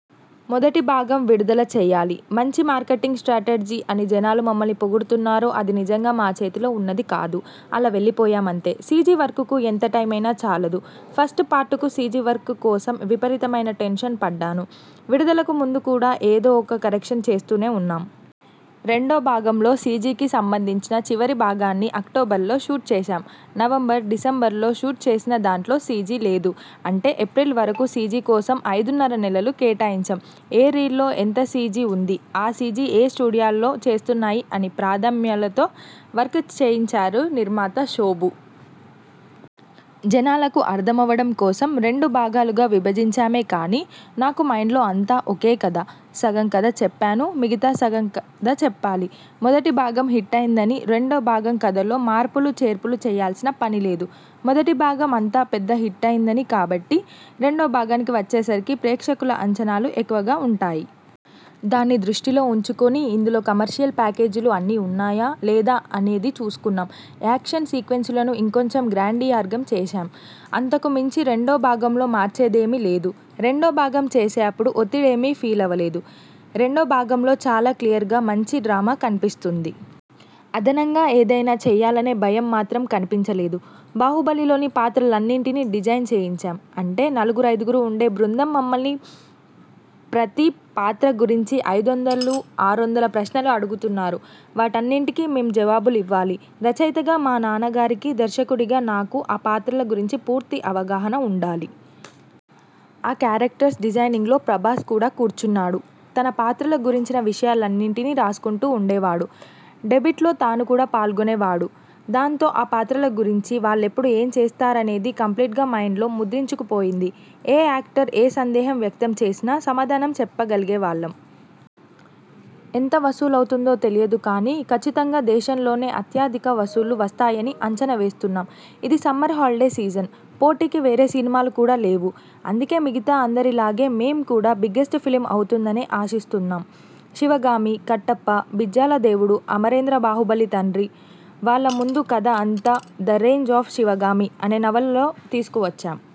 మొదటి భాగం విడుదల చేయాలి. మంచి మార్కెటింగ్ స్ట్రాటర్జీ అని జనాలు మమ్మల్ని పొగుడుతున్నారో అది నిజంగా మా చేతిలో ఉన్నది కాదు. అలా వెళ్లిపోయామంతే. సీజీ వర్క్కు ఎంత టైమైనా చాలదు. ఫస్ట్ పార్ట్కు సీజీ వర్క్ కోసం విపరీతమైన టెన్షన్ పడ్డాను. విడుదలకు ముందు కూడా ఏదో ఒక కరెక్షన్ చేస్తూనే ఉన్నాం. రెండో భాగంలో సీజీకి సంబంధించిన చివరి భాగాన్ని అక్టోబర్లో షూట్ చేశాం. నవంబర్, డిసెంబర్లో షూట్ చేసినదాంట్లో సీజీ లేదు. అంటే ఏప్రిల్ వరకు సీజీ కోసం ఐదున్నర నెలలు కేటాయించాం. ఏ రీల్లో ఎంత సీజీ ఉంది, ఆ సీజీ ఏయే స్టూడియాల్లో చేస్తున్నాయి అనే ప్రాధమ్యాలతో వర్క్ చేయించారు నిర్మాత శోభు. జనాలకు అర్థమవడం కోసం రెండు భాగాలుగా విభజించామే కానీ, నాకు మైండ్లో అంతా ఒకే కథ. సగం కథ చెప్పాను మిగతా సగం కథ చెప్పాలి. మొదటి భాగం హిట్టయ్యిందని రెండో భాగం కథలో మార్పులు చేర్పులూ చేయాల్సిన పనిలేదు. మొదటి భాగం అంత పెద్ద హిట్టయ్యింది కాబట్టి రెండో భాగానికి వచ్చేసరికి ప్రేక్షకుల అంచనాలు ఎక్కువగా ఉంటాయి. దాన్ని దృష్టిలో ఉంచుకొని ఇందులో కమర్షియల్ ప్యాకేజీలు అన్నీ ఉన్నాయా, లేదా అనేది చూసుకున్నాం. యాక్షన్ సీక్వెన్స్లను ఇంకొంచెం గ్రాండియర్గా చేశాం. అంతకు మించి రెండో భాగంలో మార్చిందేమీ లేదు. రెండో భాగం చేసేప్పుడు ఒత్తిడేమీ ఫీలవలేదు. రెండో భాగంలో చాలా క్లియర్గా మంచి డ్రామా కనిపిస్తుంది. అదనంగా ఏదైనా చెయ్యాలనే భయం మాత్రం కనిపించలేదు. 'బాహుబలి'లోని పాత్రలనన్నింటినీ డిజైన్ చేయించాం. అంటే నలుగురైదుగురు ఉండే బృందం మమ్మల్ని ప్రతి పాత్ర గురించీ ఐదొందలు, ఆరొందల ప్రశ్నలు అడుగుతారు. వాటన్నింటికీ మేం జవాబులివ్వాలి. రచయితగా మా నాన్నగారికీ, దర్శకుడిగా నాకూ ఆ పాత్రల గురించి పూర్తి అవగాహన ఉండాలి. ఆ కేరక్టర్స్ డిజైనింగ్లో ప్రభాస్ కూడా కూర్చున్నాడు. తన పాత్రల గురించిన విషయాలన్నింటినీ రాసుకుంటూ ఉండేవాడు. డిబేట్లో తను కూడా పాల్గొనేవాడు. దాంతో ఆ పాత్రల గురించి, వాళ్లెప్పుడు ఏం చేస్తారనేది కంప్లీట్గా మైండ్లో ముద్రించుకుపోయింది. ఏ యాక్టర్ ఏ సందేహం వ్యక్తం చేసినా, సమాధానం చెప్పగలిగేవాళ్లం. ఎంత వసూలవుతుందో తెలీదు కానీ, కచ్చితంగా దేశంలోనే అత్యధిక వసూళ్లు వస్తాయని అంచనా వేస్తున్నాం. ఇది సమ్మర్ హాలిడే సీజన్. పోటీకి వేరే సినిమాలు కూడా లేవు. అందుకే మిగతా అందరిలాగే మేం కూడా బిగ్గెస్ట్ ఫిల్మ్ అవుతుందని ఆశిస్తున్నాం. శివగామి, కట్టప్ప, బిజ్జలదేవుడు, అమరేంద్ర బాహుబలి తండ్రి, వాళ్ల ముందు కథ అంతా 'ద రైజ్ ఆఫ్ శివగామి' అనే నవలలో తీసుకు వచ్చాం.